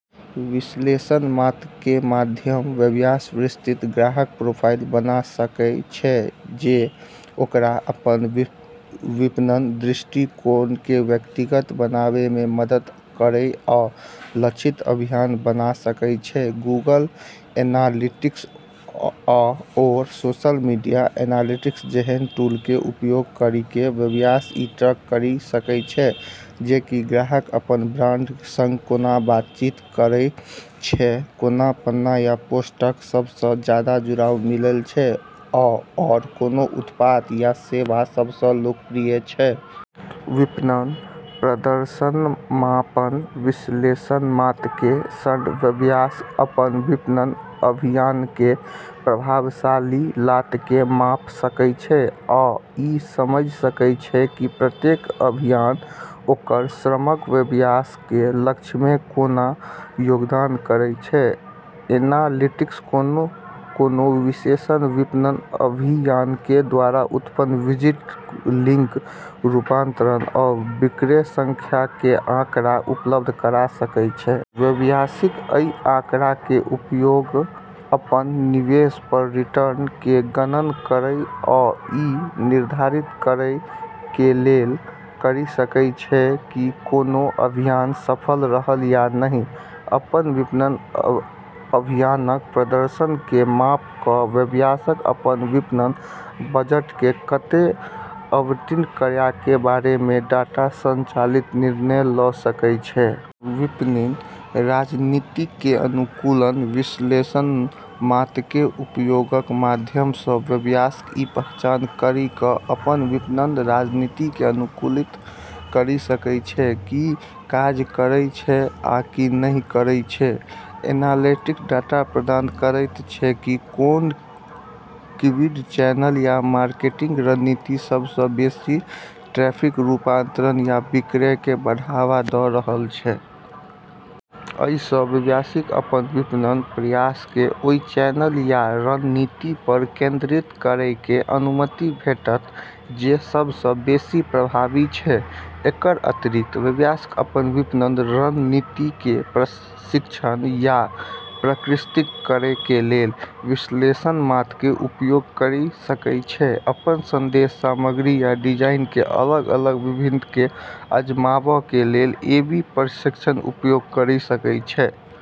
विश्लेषणात्मकताके माध्यमसँ व्यवसाय विस्तृत ग्राहक प्रोफाइल बना सकै छै जे ओकरा अपन विपणन दृष्टिकोणके व्यक्तिगत बनेबामे मदद करै आ लक्षित अभियान बना सकय छै । गूगल एनालिटिक्स आओर सोशल मीडिया एनालिटिक्स जेहन टूलके उपयोग करिके व्यवसाय ई ट्रैक करि सकै छै कि ग्राहक अपन ब्रांडके सङ्ग कोना बातचीत करै छै, कोन पन्ना या पोस्टके सबसँ जादा जुड़ाव मिलै छै, आओर कोन उत्पाद या सेवा सबसँ लोकप्रिय छै। विपणन प्रदर्शनके मापन विश्लेषणात्मकताके सङ्ग, व्यवसायक अपन विपणन अभियानके प्रभावशीलताके माप सकय छै आ ई समझि सकय छै की प्रत्येक अभियान ओकर समग्र व्यवसायिक लक्ष्यमे कोना योगदान करय छै। एनालिटिक्स कोनो विशेष विपणन अभियानके द्वारा उत्पन्न विजिट, क्लिक, रूपांतरण, आ बिक्रीके संख्याके आँकड़ा उपलब्ध करा सकय छै। व्यवसायिक अइ आँकड़ाके उपयोग अपन निवेश पर रिटर्न (आरओआई) केँ गणना करय आ ई निर्धारित करैके लेल करि सकै छै कि कोनो अभियान सफल रहल या नहि । अपन विपणन अभियानक प्रदर्शनके माप क' व्यवसायिक अपन विपणन बजटके कतय आवंटित करयके बारेमे डाटा संचालित निर्णय ल' सकय छै । विपणन रणनीतिके अनुकूलन विश्लेषणात्मकताके उपयोगके माध्यमसँ व्यवसायिक ई पहचान करि क' अपन विपणन रणनीतिकें अनुकूलित करि सकय छै कि, की काज करय छै आ की नहि करय छै । एनालिटिक्स डाटा प्रदान करैत छै की कोन कीवर्ड, चैनल, या मार्केटिंग रणनीति सबसँ बेशी ट्रैफिक, रूपांतरण या बिक्रीके बढ़ावा द' रहल छै । अइ सँ व्यवसायिक अपन विपणन प्रयासके ओइ चैनल आ रणनीति पर केंद्रित करैके अनुमति भेटैत जे सबसँ बेशी प्रभावी छै । एकर अतिरिक्त, व्यवसायिक अपन विपणन रणनीतिके परीक्षण आ परिष्कृत करैके लेल विश्लेषणात्मकताके उपयोग करि सकै छै, अपन संदेश, सामग्री या डिजाइनके अलग-अलग भिन्नताके आजमाबैके लेल ए/बी परीक्षणके उपयोग करि सकै छै।